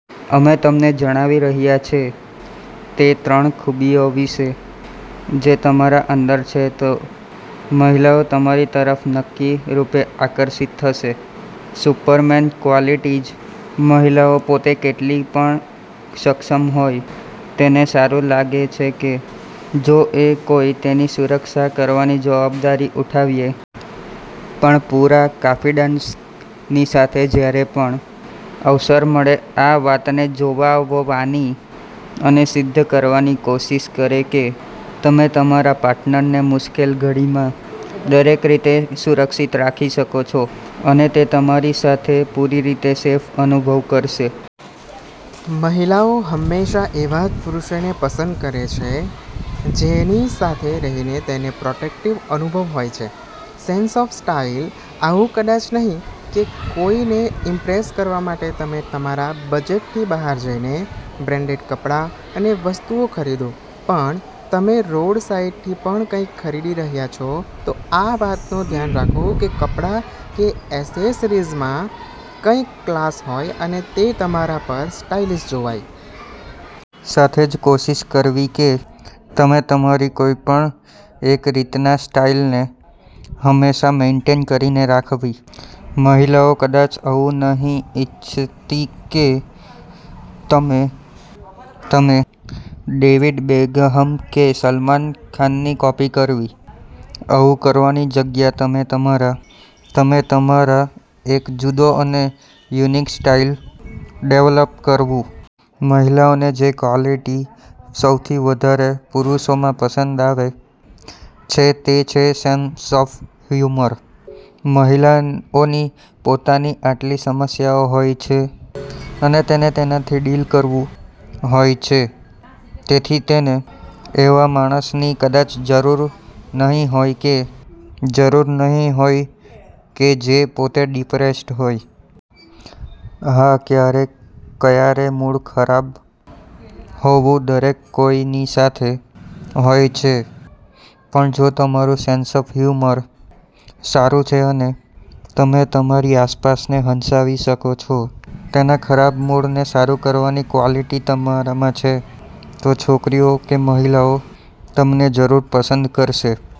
અમે તમને જણાવી રહ્ય છે તે ત્રણ ખૂબીઓ વિશે જે તમારા અંદર છે તો મહિલાઓ તમારી તરફ નક્કી રૂપે આકર્ષિત થશે. સુપરમેન ક્વાલિટીજ મહિલાઓ પોતે કેટલી પણ સક્ષમ હોય તેને સારું લાગે છે કે જો કોઈ તેની સુરક્ષા કરવાની જવાબદારી ઉઠાવીએ. પણ પૂરા કાંફીડેંસની સાથે જ્યારે પણ અવસર મળે આ વાતને જોવાવવાની અને સિદ્ધ કરવાની કોશિશ કરે કે તમે તમારા પાર્ટનરને મુશ્કેલ ઘડીમાં દરેક રીતે સુરક્ષિત રાખી શકો છો અને તે તમારી સાથે પૂરી રીતે સેફ અનુભવ કરશે. મહિલાઓ હમેશા એવા જ પુરૂષોને પસંદ કરે છે જેની સાથે રહીને તેને પ્રોટેક્ટિવ અનુભવ હોય છે. સેંસ ઑફ સ્ટાઈલ આવું કદાચ નહી કે કોઈને ઇમ્પ્રેસ કરવા માટે તમે તમારા બજટથી બહાર જઈને બ્રેંડેડ કપડા અને વસ્તુઓ ખરીદો પણ તમે રોડસાઈડથી પણ કઈક ખરીદી રહ્યા છો તો આ વાતનો ધ્યાન રાખો કે તે કપડા કે એસેસરીજમાં કઈક ક્લાસ હોય અને તે તમારા પર સ્ટાઈલિશ જોવાય. સાથે જ કોશિશ કરવી કે તમે તમારી કોઈ પણ એક રીતના સ્ટાઈલને હમેશા મેનટેન કરીને રાખવી. મહિલાઓ કદાચ આવુ નહી ઈચ્છતી કે તમે ડેવિડ બેકહમ કે સલમાન ખાનની કૉપી કરવી. આવું કરવાની જગ્યા તમે તમારા એક જુદો અને યુનિક સ્ટાઈલ ડેવલપ કરવું. મહિલાઓને જે ક્વાલિટી સૌથી વધારે પુરુષો માં પસંદ આવે છે તે છે સેંસ ઑફ હ્યૂમર. મહિલાઓની પોતાની આટલી સમસ્યાઓ હોય છે અને તેને તેનાથી ડીલ કરવું હોય છે. તેથી તેને એવા માણસની કદાચ જરૂર નહી હોય છે કે પોતે ડિપ્રેસ્ડ હોય. હા ક્યારે કયારે મૂડ ખરાબ હોવું દરેક કોઈની સાથે હોય છે. પણ જો તમારું સેંસ ઑફ હ્યૂમર સારું છે અને તમે તમારી આસપાસને હંસાવી શકો છો, તેના ખરાબ મૂડને સારું કરવાની ક્વાલિટી તમારામાં છે તો છોકરીઓ કે મહિલાઓ તમને જરૂર પસંદ કરશે.